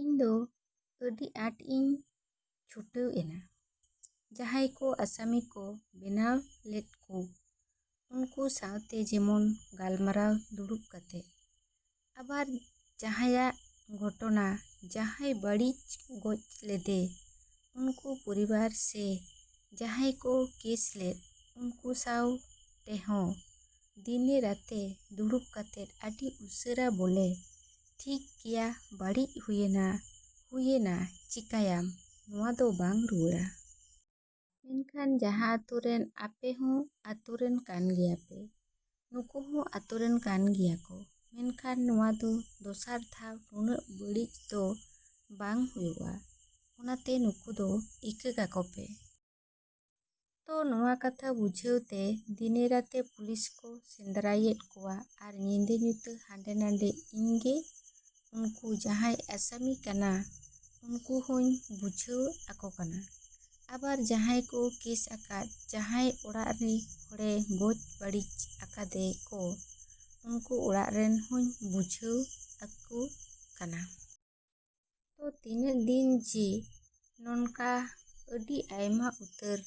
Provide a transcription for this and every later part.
ᱤᱧ ᱫᱚ ᱟᱹᱰᱤ ᱟᱴ ᱤᱧ ᱪᱷᱩᱴᱟᱹᱣ ᱮᱱᱟ᱾ ᱡᱟᱦᱟᱭ ᱠᱚ ᱟᱥᱟᱢᱤ ᱠᱚ ᱵᱮᱱᱟᱣ ᱞᱮᱫᱠᱩ ᱩᱱᱠᱩ ᱥᱟᱶᱛᱮ ᱡᱮᱢᱚᱱ ᱜᱟᱞᱢᱟᱨᱟᱣ ᱫᱩᱲᱩᱵ ᱠᱟᱛᱮ, ᱟᱵᱟᱨ ᱡᱟᱸᱦᱟᱭᱟᱜ ᱜᱷᱚᱴᱚᱱᱟ ᱡᱟᱸᱦᱟᱭ ᱵᱟᱹᱲᱤᱡ ᱜᱚᱡ ᱞᱮᱫᱮ ᱩᱱᱠᱩ ᱯᱚᱨᱤᱵᱟᱨ ᱥᱮ ᱡᱟᱸᱦᱟᱭ ᱠᱚ ᱠᱮᱥ ᱞᱮᱫ, ᱩᱱᱠᱩ ᱥᱟᱶ ᱴᱮᱦᱚᱸ ᱫᱤᱱᱮ ᱨᱟᱛᱮ ᱫᱩᱲᱩᱵ ᱠᱟᱛᱮ ᱟᱹᱰᱤ ᱩᱥᱟᱹᱨᱟ ᱵᱚᱞᱮ ᱴᱷᱤᱠ ᱜᱮᱭᱟ ᱵᱟᱹᱲᱤᱡ ᱦᱩᱭᱮᱱᱟ ᱦᱩᱭᱮᱱᱟ ᱪᱮᱠᱟᱭᱟᱢ ᱱᱚᱣᱟ ᱫᱚ ᱵᱟᱝ ᱨᱩᱭᱟᱹᱲᱟ ᱾ ᱢᱮᱱᱠᱷᱟᱱ ᱡᱟᱦᱟᱸ ᱟᱛᱳᱨᱮᱱ ᱟᱯᱮ ᱦᱚᱸ ᱟᱛᱳ ᱨᱮᱱ ᱠᱟᱱᱜᱮᱭᱟ ᱯᱮ ᱱᱩᱠᱩ ᱦᱚᱸ ᱟᱛᱳ ᱨᱮᱱ ᱠᱟᱱ ᱜᱮᱭᱟ ᱠᱚ ᱢᱮᱱᱠᱷᱟᱱ ᱱᱚᱶᱟ ᱫᱚ ᱫᱚᱥᱟᱨ ᱫᱷᱟᱣ ᱱᱩᱱᱟᱹᱜ ᱵᱟᱹᱲᱤᱡ ᱫᱚ ᱵᱟᱝ ᱦᱩᱭᱩᱜᱼᱟ, ᱚᱱᱟ ᱛᱮ ᱱᱩᱠᱩ ᱫᱚ ᱤᱠᱟᱹ ᱠᱟᱠᱚ ᱯᱮ᱾ ᱛᱚ ᱱᱚᱶᱟ ᱠᱟᱛᱷᱟ ᱵᱩᱡᱷᱟᱹᱣ ᱛᱮ ᱫᱤᱱᱮ ᱨᱟᱛᱮ ᱯᱩᱞᱤᱥ ᱠᱚ ᱥᱮᱸᱫᱽᱨᱟᱭᱮᱫ ᱠᱚᱣᱟ ᱟᱨ ᱧᱤᱫᱟᱹ ᱧᱩᱛᱟᱹ ᱦᱟᱰᱮ ᱱᱚᱰᱮ ᱤᱧ ᱜᱮ ᱩᱱᱠᱩ ᱡᱟᱦᱟᱸᱭ ᱟᱥᱟᱢᱤ ᱠᱟᱱᱟ ᱩᱱᱠᱩ ᱦᱚᱸᱧ ᱵᱩᱡᱷᱟᱹᱣ ᱟᱠᱚ ᱠᱟᱱᱟ, ᱟᱵᱟᱨ ᱡᱟᱦᱟᱸᱭ ᱠᱚ ᱠᱮᱥ ᱟᱠᱟᱫ ᱡᱟᱦᱟᱸᱭ ᱚᱲᱟᱜ ᱨᱮ ᱦᱚᱲᱮ ᱜᱚᱡᱽ ᱵᱟᱹᱲᱤᱡ ᱟᱠᱟᱫᱮ ᱠᱚ ᱩᱱᱠᱩ ᱚᱲᱟᱜ ᱨᱮᱱ ᱦᱚᱸᱧ ᱵᱩᱡᱷᱟᱹᱣ ᱟᱹᱠᱚ ᱠᱟᱱᱟ᱾ ᱛᱚ ᱛᱤᱱᱟᱹᱜ ᱫᱤᱱ ᱡᱮ ᱱᱚᱱᱠᱟ ᱟᱹᱰᱤ ᱟᱭᱢᱟ ᱩᱛᱟᱹᱨ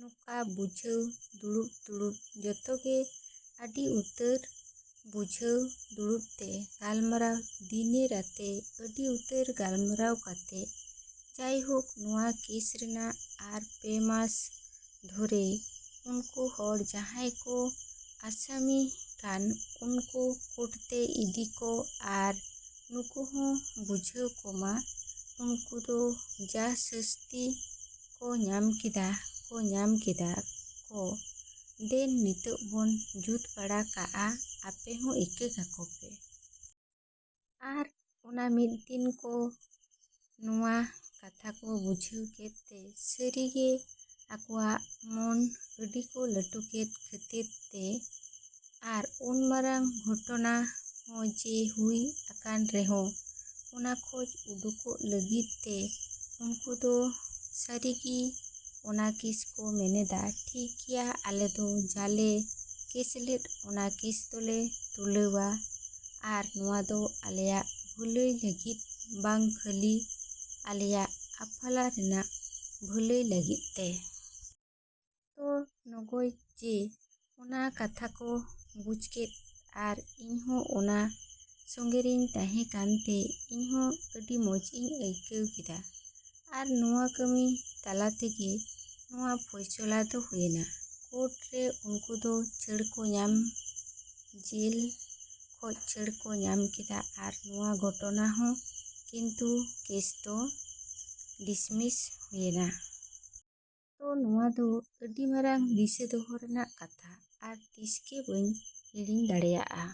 ᱱᱚᱠᱟ ᱵᱩᱡᱷᱟᱹᱣ ᱫᱩᱲᱩᱵ ᱫᱩᱲᱩᱵ ᱡᱚᱛᱚ ᱜᱮ ᱟᱹᱰᱤ ᱩᱛᱟᱹᱨ ᱵᱩᱡᱷᱟᱹᱣ ᱫᱩᱲᱩᱵᱛᱮ ᱜᱟᱞᱢᱟᱨᱟᱣ ᱫᱤᱱᱮ ᱨᱟᱛᱮ ᱟᱹᱰᱤ ᱩᱛᱟᱹᱨ ᱜᱟᱞᱢᱟᱨᱟᱣ ᱠᱟᱛᱮ ᱡᱟᱭᱦᱳᱠ ᱱᱚᱶᱟ ᱠᱮᱥ ᱨᱮᱱᱟᱜ ᱟᱨ ᱯᱮ ᱢᱟᱥ ᱫᱷᱚᱨᱮ ᱩᱱᱠᱩ ᱦᱚᱲ ᱡᱟᱦᱟᱸᱭ ᱠᱚ ᱟᱥᱟᱢᱤ ᱠᱟᱱ ᱩᱱᱠᱩ ᱠᱳᱴ ᱛᱮ ᱤᱫᱤ ᱠᱚ ᱟᱨ ᱱᱩᱠᱩ ᱦᱚᱸ ᱵᱩᱡᱷᱟᱹᱣ ᱠᱚ ᱢᱟ ᱩᱱᱠᱩ ᱫᱚ ᱡᱟ ᱥᱟᱹᱥᱛᱤ ᱠᱚ ᱧᱟᱢ ᱠᱮᱫᱟ ᱠᱚ ᱧᱟᱢ ᱠᱮᱫᱟ ᱠᱚ ᱫᱮᱱ ᱱᱤᱛᱚᱜ ᱵᱚᱱ ᱡᱩᱛ ᱵᱟᱲᱟ ᱠᱟᱜᱼᱟ ᱟᱯᱮ ᱦᱚᱸ ᱤᱠᱟᱹ ᱠᱟᱠᱚ ᱯᱮ᱾ ᱟᱨ ᱚᱱᱟ ᱢᱤᱫ ᱫᱤᱱ ᱠᱚ ᱱᱚᱶᱟ ᱠᱟᱛᱷᱟ ᱠᱚ ᱵᱩᱡᱷᱟᱹᱣ ᱠᱮᱫ ᱛᱮ ᱥᱟᱹᱨᱤ ᱜᱮ ᱟᱠᱚᱣᱟᱜ ᱢᱚᱱ ᱟᱹᱰᱤᱠᱚ ᱞᱟᱹᱴᱩ ᱠᱮᱫ ᱠᱷᱟᱹᱛᱤᱨ ᱛᱮ ᱟᱨ ᱩᱱ ᱢᱟᱨᱟᱝ ᱜᱷᱚᱴᱚᱱᱟ ᱦᱚᱸ ᱡᱮ ᱦᱩᱭ ᱟᱠᱟᱱ ᱨᱮᱦᱚᱸ ᱚᱱᱟ ᱠᱷᱚᱡ ᱩᱰᱩᱠᱚᱜ ᱞᱟᱹᱜᱤᱫ ᱛᱮ ᱩᱱᱠᱩᱫᱚ ᱥᱟᱹᱨᱤᱜᱤ ᱚᱱᱟ ᱠᱮᱥ ᱠᱚ ᱢᱮᱱᱮᱫᱟ ᱴᱷᱤᱠ ᱜᱮᱭᱟ ᱟᱞᱮ ᱫᱚ ᱡᱟᱞᱮ ᱠᱮᱥᱞᱮᱫ ᱚᱱᱟ ᱠᱮᱥ ᱫᱚᱞᱮ ᱛᱩᱞᱟᱹᱣᱟ ᱟᱨ ᱱᱚᱶᱟ ᱫᱚ ᱟᱞᱮᱭᱟᱜ ᱵᱷᱟᱹᱞᱟᱹᱭ ᱞᱟᱹᱜᱤᱫ ᱵᱟᱝ ᱠᱷᱟᱹᱞᱤ ᱟᱞᱮᱭᱟᱜ ᱟᱯᱷᱟᱞᱟ ᱨᱮᱱᱟᱜ ᱵᱷᱟᱹᱞᱟᱹᱭ ᱞᱟᱹᱜᱤᱫ ᱛᱮ᱾ ᱛᱚ ᱱᱚᱜᱚᱭ ᱡᱮ ᱚᱱᱟ ᱠᱟᱛᱷᱟ ᱠᱚ ᱵᱩᱡ ᱠᱮᱫ ᱟᱨ ᱤᱧ ᱦᱚᱸ ᱚᱱᱟ ᱥᱚᱸᱜᱮᱨᱤᱧ ᱛᱟᱦᱮᱸ ᱠᱟᱱᱛᱮ ᱤᱧ ᱦᱚᱸ ᱟᱹᱰᱤ ᱢᱚᱸᱡᱽ ᱤᱧ ᱟᱹᱭᱠᱟᱹᱣ ᱠᱮᱫᱟ᱾ ᱟᱨ ᱱᱚᱶᱟ ᱠᱟᱹᱢᱤ ᱛᱟᱞᱟ ᱛᱮᱜᱮ ᱱᱚᱶᱟ ᱯᱷᱚᱭᱥᱚᱞᱟ ᱫᱚ ᱦᱩᱭᱮᱱᱟ᱾ ᱠᱳᱴ ᱨᱮ ᱩᱱᱠᱩ ᱫᱚ ᱪᱷᱟᱹᱲ ᱠᱚ ᱧᱟᱢ ᱡᱮᱞ ᱠᱷᱚᱡ ᱪᱷᱟᱹᱲ ᱠᱚ ᱧᱟᱢ ᱠᱮᱫᱟ ᱟᱨ ᱱᱚᱣᱟ ᱜᱷᱚᱴᱚᱱᱟ ᱦᱚᱸ ᱠᱤᱱᱛᱩ ᱠᱮᱥ ᱫᱚ ᱰᱤᱥᱢᱤᱥ ᱦᱩᱭᱮᱱᱟ᱾ ᱛᱚ ᱱᱚᱣᱟ ᱫᱚ ᱟᱹᱰᱤ ᱢᱟᱨᱟᱝ ᱫᱤᱥᱟᱹ ᱫᱚᱦᱚ ᱨᱮᱱᱟᱜ ᱠᱟᱛᱷᱟ ᱟᱨ ᱛᱤᱥ ᱜᱮ ᱵᱟᱹᱧ ᱦᱤᱲᱤᱧ ᱫᱟᱲᱮᱭᱟᱜᱼᱟ।